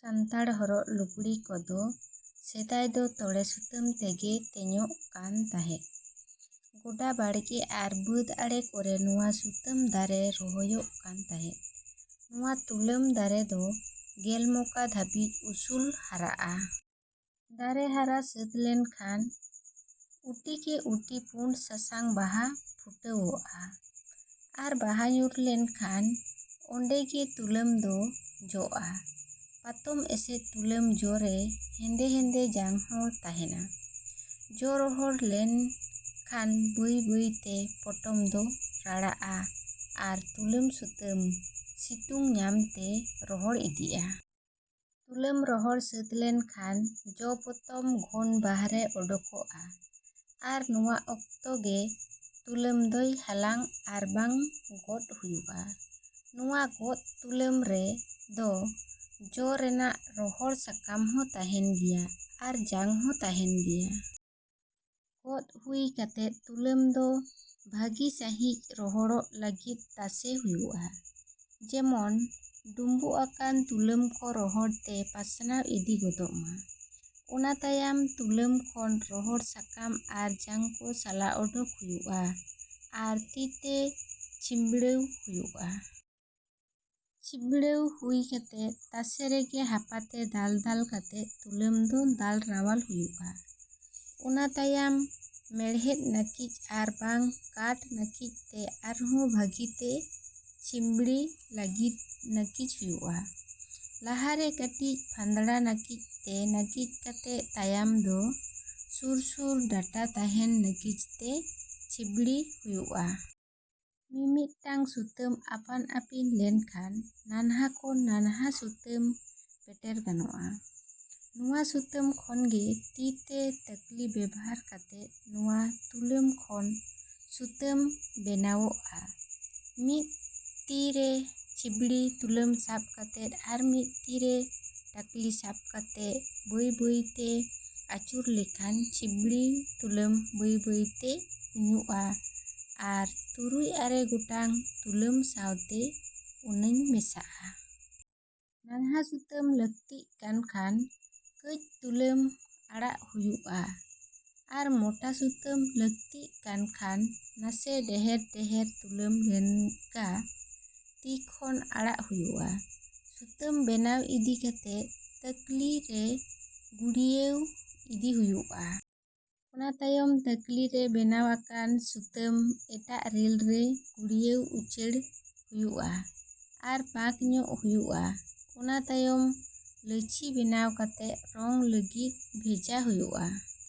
ᱥᱟᱱᱛᱟᱲ ᱦᱚᱨᱚᱜ ᱞᱩᱜᱽᱲᱤ ᱠᱚ ᱫᱚ ᱥᱮᱫᱟᱭ ᱫᱚ ᱛᱚᱲᱮ ᱥᱩᱛᱟᱹᱢ ᱛᱮᱜᱮ ᱛᱮᱧᱚᱜ ᱠᱟᱱ ᱛᱟᱦᱮᱸᱫ᱾ ᱜᱳᱰᱟ ᱵᱟᱲᱜᱮ ᱟᱨ ᱵᱟᱹᱫᱽ ᱟᱲᱮ ᱠᱚᱨᱮ ᱱᱚᱣᱟ ᱥᱩᱛᱟᱹᱢ ᱫᱟᱨᱮ ᱨᱚᱦᱚᱭᱚᱜ ᱠᱟᱱ ᱛᱟᱦᱮᱸᱫ᱾ ᱱᱚᱣᱟ ᱛᱩᱞᱟᱹᱢ ᱫᱟᱨᱮ ᱫᱚ ᱜᱮᱞ ᱢᱚᱠᱟ ᱫᱷᱟᱹᱵᱤᱡ ᱩᱥᱩᱞ ᱦᱟᱨᱟᱜᱼᱟ᱾ ᱫᱟᱨᱮ ᱦᱟᱨᱟ ᱥᱟᱹᱛ ᱞᱮᱱ ᱠᱷᱟᱱ ᱩᱴᱤ ᱠᱮ ᱩᱴᱤ ᱯᱩᱸᱰ ᱥᱟᱥᱟᱝ ᱵᱟᱦᱟ ᱯᱷᱩᱴᱟᱹᱣᱜᱼᱟ ᱟᱨ ᱵᱟᱦᱟ ᱧᱩᱨ ᱞᱮᱱ ᱠᱷᱟᱱ ᱚᱱᱰᱮ ᱜᱮ ᱛᱩᱞᱟᱹᱢ ᱫᱚ ᱡᱚᱜᱼᱟ᱾ ᱯᱟᱛᱚᱢ ᱮᱥᱮᱫ ᱛᱩᱞᱟᱹᱢ ᱡᱚ ᱨᱮ ᱦᱮᱱᱫᱮ ᱦᱮᱱᱫᱮ ᱡᱟᱝ ᱦᱚ ᱛᱟᱦᱮᱱᱟ᱾ ᱡᱚ ᱨᱚᱦᱚᱲ ᱞᱮᱱ ᱠᱷᱟᱱ ᱵᱟᱹᱭ ᱵᱟᱹᱭ ᱛᱮ ᱯᱚᱴᱚᱢ ᱫᱚ ᱨᱟᱲᱟᱜ ᱼᱟ ᱟᱨ ᱛᱩᱞᱟᱹᱢ ᱥᱩᱛᱟᱹᱢ ᱥᱤᱛᱩᱝ ᱧᱟᱢ ᱛᱮ ᱨᱚᱦᱚᱲ ᱤᱫᱤᱜᱼᱟ᱾ ᱛᱩᱞᱟᱹᱢ ᱨᱚᱦᱚᱲ ᱥᱟᱹᱛ ᱞᱮᱱ ᱠᱷᱟᱱ ᱡᱚ ᱯᱚᱛᱚᱢ ᱜᱷᱳᱱ ᱵᱟᱦᱨᱮ ᱚᱰᱚᱠᱚᱜᱼᱟ ᱟᱨ ᱱᱚᱣᱟ ᱚᱠᱛᱚ ᱜᱮ ᱛᱩᱞᱟᱹᱢ ᱫᱚᱭ ᱦᱟᱞᱟᱝ ᱟᱨ ᱵᱟᱝ ᱜᱚᱫ ᱦᱩᱭᱩᱜᱼᱟ᱾ ᱱᱚᱣᱟ ᱜᱚᱫ ᱛᱩᱞᱟᱹᱢ ᱨᱮ ᱫᱚ ᱡᱚ ᱨᱮᱱᱟᱜ ᱨᱚᱦᱚᱲ ᱥᱟᱠᱟᱢ ᱦᱚᱸ ᱛᱟᱦᱮᱱ ᱜᱮᱭᱟ ᱟᱨ ᱡᱟᱝ ᱦᱚᱸ ᱛᱟᱦᱮᱱ ᱜᱮᱭᱟ᱾ ᱜᱚᱫ ᱦᱩᱭ ᱠᱟᱛᱮ ᱛᱩᱞᱟᱹᱢ ᱫᱚ ᱵᱷᱟᱹᱜᱤ ᱥᱟᱦᱤᱸᱡ ᱨᱚᱦᱚᱲᱚᱜ ᱞᱟᱹᱜᱤᱫ ᱛᱟᱥᱮ ᱦᱩᱭᱩᱜᱼᱟ᱾ ᱡᱮᱢᱚᱱ ᱰᱩᱢᱵᱩᱜ ᱟᱠᱟᱱ ᱛᱩᱞᱟᱹᱢ ᱠᱚ ᱨᱚᱦᱚᱲ ᱛᱮ ᱯᱟᱥᱱᱟᱣ ᱤᱫᱤ ᱜᱚᱫᱚᱜ ᱢᱟ᱾ ᱚᱱᱟ ᱛᱟᱭᱟᱢ ᱛᱩᱞᱟᱹᱢ ᱠᱷᱚᱱ ᱨᱚᱦᱚᱲ ᱥᱟᱠᱟᱢ ᱟᱨ ᱡᱟᱝ ᱠᱚ ᱥᱟᱞᱟ ᱚᱰᱚᱠ ᱦᱩᱭᱩᱜᱼᱟ ᱟᱨ ᱛᱤ ᱛᱮ ᱪᱷᱤᱸᱵᱲᱟᱹᱣ ᱦᱩᱭᱩᱜᱼᱟ᱾ ᱪᱷᱤᱸᱵᱽᱲᱟᱹᱣ ᱦᱩᱭ ᱠᱟᱛᱮ ᱛᱟᱥᱮ ᱨᱮᱜᱮ ᱦᱟᱯᱟ ᱛᱮ ᱫᱟᱞ ᱫᱟᱞ ᱠᱟᱛᱮ ᱛᱩᱞᱟᱹᱢ ᱫᱚ ᱫᱟᱞ ᱨᱟᱣᱟᱞ ᱦᱩᱭᱩᱜᱼᱟ᱾ ᱚᱱᱟ ᱛᱟᱭᱟᱢ ᱢᱮᱬᱦᱮᱫ ᱱᱟᱹᱠᱤᱡ ᱟᱨ ᱵᱟᱝ ᱠᱟᱴᱷ ᱱᱟᱹᱠᱤᱡ ᱛᱮ ᱟᱨ ᱦᱚᱸ ᱵᱷᱟᱹᱜᱤ ᱛᱮ ᱪᱷᱤᱢᱵᱲᱤ ᱞᱟᱹᱜᱤᱫ ᱱᱟᱹᱠᱤᱡ ᱦᱩᱭᱩᱜᱼᱟ᱾ ᱞᱟᱦᱟ ᱨᱮ ᱠᱟᱹᱴᱤᱡ ᱯᱷᱟᱸᱫᱽᱲᱟ ᱱᱟᱹᱠᱤᱡ ᱛᱮ ᱱᱟᱹᱠᱤᱡ ᱠᱟᱛᱮ ᱛᱟᱭᱟᱢ ᱫᱚ ᱥᱩᱨ ᱥᱩᱨ ᱰᱟᱴᱟ ᱛᱟᱦᱮᱱ ᱱᱟᱹᱠᱤᱡ ᱛᱮ ᱪᱷᱤᱸᱵᱽᱲᱤ ᱦᱩᱭᱩᱜᱼᱟ᱾ ᱢᱤᱢᱤᱫ ᱴᱟᱝ ᱥᱩᱛᱟᱹᱢ ᱟᱯᱟᱱ ᱟᱹᱯᱤᱱ ᱞᱮᱱ ᱠᱷᱟᱱ ᱱᱟᱱᱦᱟ ᱠᱷᱚᱱ ᱱᱟᱱᱦᱟ ᱥᱩᱛᱟᱹᱢ ᱯᱮᱴᱮᱨ ᱜᱟᱱᱚᱜᱼᱟ᱾ ᱱᱚᱣᱟ ᱥᱩᱛᱟᱹᱢ ᱠᱷᱚᱱ ᱜᱮ ᱛᱤ ᱛᱮ ᱛᱟᱹᱠᱞᱤ ᱵᱮᱵᱷᱟᱨ ᱠᱟᱛᱮ ᱱᱚᱣᱟ ᱛᱩᱞᱟᱹᱢ ᱠᱷᱚᱱ ᱥᱩᱛᱟᱹᱢ ᱵᱮᱱᱟᱣᱚᱜᱼᱟ᱾ ᱢᱤᱫ ᱛᱤ ᱨᱮ ᱪᱷᱤᱸᱢᱵᱲᱤ ᱛᱩᱞᱟᱹᱢ ᱥᱟᱵ ᱠᱟᱛᱮ ᱟᱨ ᱢᱤᱫ ᱛᱤ ᱨᱮ ᱴᱟᱠᱞᱤ ᱥᱟᱵ ᱠᱟᱛᱮ ᱵᱟᱹᱭ ᱵᱟᱹᱭ ᱛᱮ ᱟᱹᱪᱩᱨ ᱞᱮᱠᱷᱟᱱ ᱪᱷᱤᱸᱢᱵᱲᱤ ᱛᱩᱞᱟᱹᱢ ᱵᱟᱹᱭ ᱵᱟᱹᱭ ᱛᱮ ᱩᱧᱩᱜᱼᱟ ᱟᱨ ᱛᱩᱨᱩᱭ ᱟᱨᱮ ᱜᱚᱴᱟᱝ ᱛᱩᱞᱟᱢ ᱥᱟᱶᱛᱮ ᱩᱱᱟᱧ ᱢᱮᱥᱟᱜᱼᱟ᱾ ᱱᱟᱱᱦᱟ ᱥᱩᱛᱟᱢ ᱞᱟᱹᱠᱛᱤᱜ ᱠᱟᱱ ᱠᱷᱟᱱ ᱠᱟᱹᱡ ᱛᱩᱞᱟᱹᱢ ᱟᱲᱟᱜ ᱦᱩᱭᱩᱜᱼᱟ ᱟᱨ ᱢᱚᱴᱟ ᱥᱩᱛᱟᱹᱢ ᱞᱟᱹᱠᱛᱤᱜ ᱠᱟᱱ ᱠᱷᱟᱱ ᱱᱟᱥᱮ ᱰᱮᱦᱮᱨ ᱰᱮᱦᱮᱨ ᱛᱩᱞᱟᱹᱢ ᱞᱮᱱᱜᱟ ᱛᱤ ᱠᱷᱚᱱ ᱟᱲᱟᱜ ᱦᱩᱭᱩᱜᱼᱟ᱾ ᱥᱩᱛᱟᱹᱢ ᱵᱮᱱᱟᱣ ᱤᱫᱤ ᱠᱟᱛᱮ ᱛᱟᱹᱠᱞᱤ ᱨᱮ ᱜᱩᱲᱤᱭᱟᱹᱣ ᱤᱫᱤ ᱦᱩᱭᱩᱜᱼᱟ᱾ ᱚᱱᱟ ᱛᱟᱭᱚᱢ ᱛᱟᱠᱞᱤ ᱨᱮ ᱵᱮᱱᱟᱣ ᱟᱠᱟᱱ ᱥᱩᱛᱟᱹᱢ ᱮᱴᱟᱜ ᱨᱤᱞ ᱨᱮ ᱜᱩᱲᱤᱭᱟᱹᱣ ᱩᱪᱟᱹᱲ ᱦᱩᱭᱩᱜᱼᱟ ᱟᱨ ᱯᱟᱸᱠ ᱧᱚᱜ ᱦᱩᱭᱩᱜᱼᱟ᱾ ᱚᱱᱟ ᱛᱟᱭᱟᱢ ᱞᱟᱹᱪᱷᱤ ᱵᱮᱱᱟᱣ ᱠᱟᱛᱮ ᱨᱚᱝ ᱞᱟᱹᱜᱤᱫ ᱵᱷᱮᱡᱟ ᱦᱩᱭᱩᱜᱼᱟ᱾।